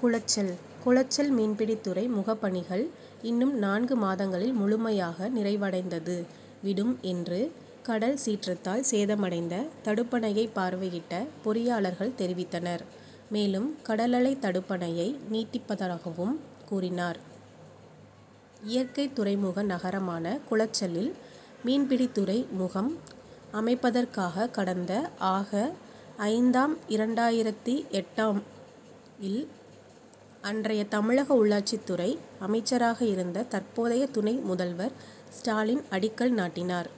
குளச்சல் குளச்சல் மீன்பிடித்துறை முகபணிகள் இன்னும் நான்கு மாதங்களில் முழுமையாக நிறைவடைந்தது விடும் என்று கடல் சீற்றத்தால் சேதமடைந்த தடுப்பணையை பார்வையிட்ட பொறியாளர்கள் தெரிவித்தனர். மேலும் கடலலை தடுப்பணையை நீட்டிப்பதாகவும் கூறினார். இயற்கை துறைமுக நகரமான குளச்சலில் மீன்பிடித்துறை முகம் அமைப்பதற்காக கடந்த ஆக. ஐந்தாம், இரண்டாயிரத்து எட்டாம்ல் அன்றைய தமிழக உள்ளாட்சித்துறை அமைச்சராக இருந்த தற்போதைய துணை முதல்வர் ஸ்டாலின் அடிக்கல் நாட்டினார்.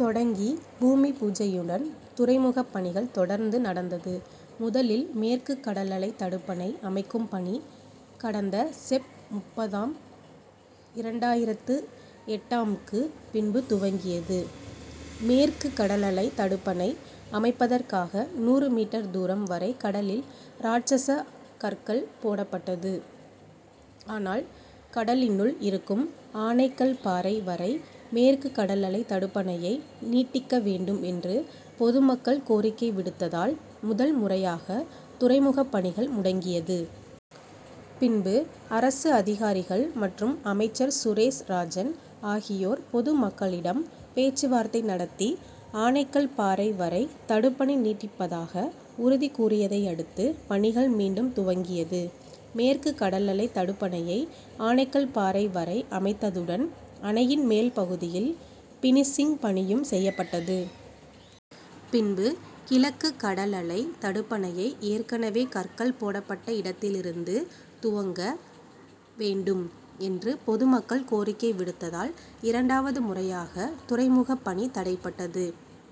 தொடங்கி பூமி பூஜையுடன் துறைமுகப்பணிகள் தொடர்ந்து நடந்தது. முதலில் மேற்க்கு கடலலை தடுப்பணை அமைக்கும் பணி கடந்த செப்.முப்பதாம், இரண்டாயிரத்து எட்டாம்க்கு பின்பு துவங்கியது. மேற்க்கு கடலலை தடுப்பணை அமைப்பதற்காக நூறு மீட்டர் தூரம் வரை கடலில் ராட்சஷ கற்கள் போடப்பட்டது. ஆனால் கடலினுள் இருக்கும் ஆனைக்கல் பாறை வரை மேற்க்கு கடலலை தடுப்பணையை நீட்டிக்க வேண்டும் என்று பொது மக்கள் கோரிக்கை விடுத்ததால் முதல் முறையாக துறை முகப்பணிகள் முடங்கியது. பின்பு அரசு அதிகாரிகள் மற்றும் அமைச்சர் சுரேஷ் ராஜன் ஆகியோர் பொது மக்களிடம் பேச்சுவார்த்தை நடத்தி ஆனைக்கல் பாறை வரை தடுப்பணை நீட்டிப்பதாக உறுதி கூறியதையடுத்து பணிகள் மீண்டும் துவங்கியது. மேற்க்கு கடலலை தடுப்பணையை ஆனைக்கல் பாறை வரை அமைத்ததுடன் அணையின் மேல் பகுதியில் பினிசிங் பணியும் செய்யப்பட்டது. பின்பு கிழக்கு கடலலை தடுப்பணையை ஏற்கனவே கற்கள் போடப்பட்ட இடத்திலிருந்து துவங்க வேண்டும் என்று பொது மக்கள் கோரிக்கை விடுத்ததால் இரண்டாவது முறையாக துறைமுக பணி தடைபட்டது.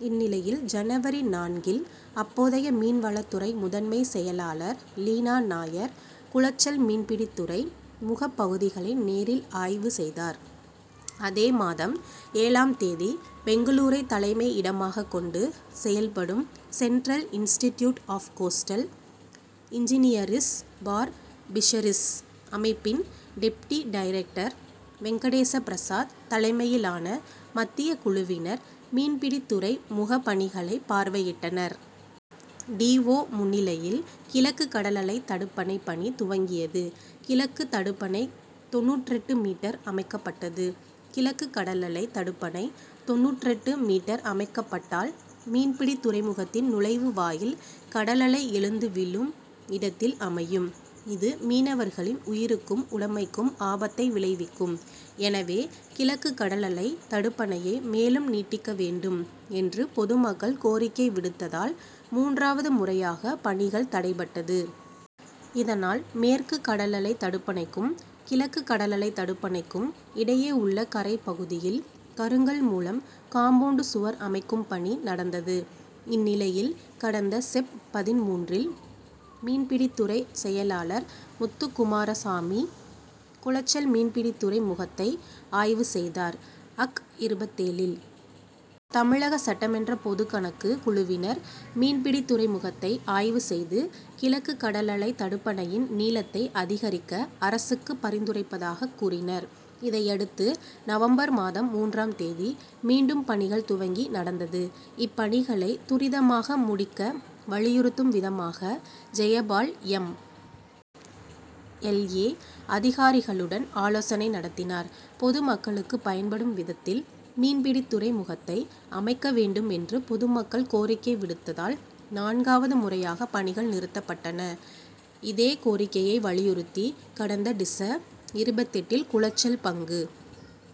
இந்நிலையில் ஜனவரி நான்கில் அப்போதைய மீன் வளத்துறை முதன்மை செயலாளர் லீனாநாயர் குளச்சல் மீன்பிடித்துறை முகபகுதிகளை நேரில் ஆய்வு செய்தார் அதே மாதம் ஏழாம் தேதி பெங்களூரை தலைமை இடமாக கொண்டு செயல்படும் Central Institute of Coastal Engineering for Fisheries அமைப்பின் டெப்டி டைரக்டர் வெங்கடேச பிரசாத் தலைமையிலான மத்திய குழுவினர் மீன்பிடித்துறை முகபணிகளை பார்வையிட்டனர். டி. ஓ முன்னிலையில் கிழக்கு கடலலை தடுப்பணை பணி துவங்கியது. கிழக்கு தடுப்பணை தொண்ணூற்றெட்டு மீட்டர் அமைக்கப்பட்டது. கிழக்கு கடலலை தடுப்பணை தொண்ணூற்றெட்டு மீட்டர் அமைக்கப்பட்டால் மீன்பிடி துறை முகத்தின் நுழைவு வாயில் கடலலை எழுந்து விழும் இடத்தில் அமையும். இது மீனவர்களின் உயிருக்கும் உடைமைக்கும் ஆபத்தை விளைவிக்கும் எனவே கிழக்கு கடலலை தடுப்பணையை மேலும் நீட்டிக்க வேண்டும் என்று பொது மக்கள் கோரிக்கை விடுத்ததால் மூன்றாவது முறையாக பணிகள் தடைப்பட்டது. இதனால் மேற்கு கடலலை தடுப்பணைக்கும், கிழக்கு கடலலை தடுப்பணைக்கும் இடையே உள்ள கரை பகுதியில் கருங்கல் மூலம் காம்பவுண்டு சுவர் அமைக்கும் பணி நடந்தது. இந்நிலையில் கடந்த செப்.பதின்மூன்றில் மீன்பிடித்துறை செயலாளர் முத்துகுமாரசாமி குளச்சல் மீன் பிடித்துறை முகத்தை ஆய்வு செய்தார். அக்.இருபத்தேழில் தமிழக சட்டமன்ற பொதுக் கணக்கு குழுவினர் மீன்பிடித்துறை முகத்தை ஆய்வு செய்து கிழக்கு கடலலை தடுப்பணையின் நீளத்தை அதிகரிக்க அரசுக்கு பரிந்துரைப்பதாக கூறினர். இதையடுத்து நவம்பர் மாதம் மூன்றாம் தேதி மீண்டும் பணிகள் துவங்கி நடந்தது. இப் பணிகளை துரிதமாக முடிக்கவலியுறுத்தும் விதமாக ஜெயபால் எம். எல். ஏ., அதிகாரிகளுடன் ஆலோசனை நடத்தினார். பொது மக்களுக்கு பயன்படும் விதத்தில் மீன்பிடித்துறை முகத்தை அமைக்க வேண்டும் என்று பொது மக்கள் கோரிக்கை விடுத்ததால் நான்காவது முறையாக பணிகள் நிறுத்தப்பட்டன. இதே கோரிக்கையை வலியுறுத்தி கடந்த டிச.இருபத்தெட்டில் குளச்சல் பங்கு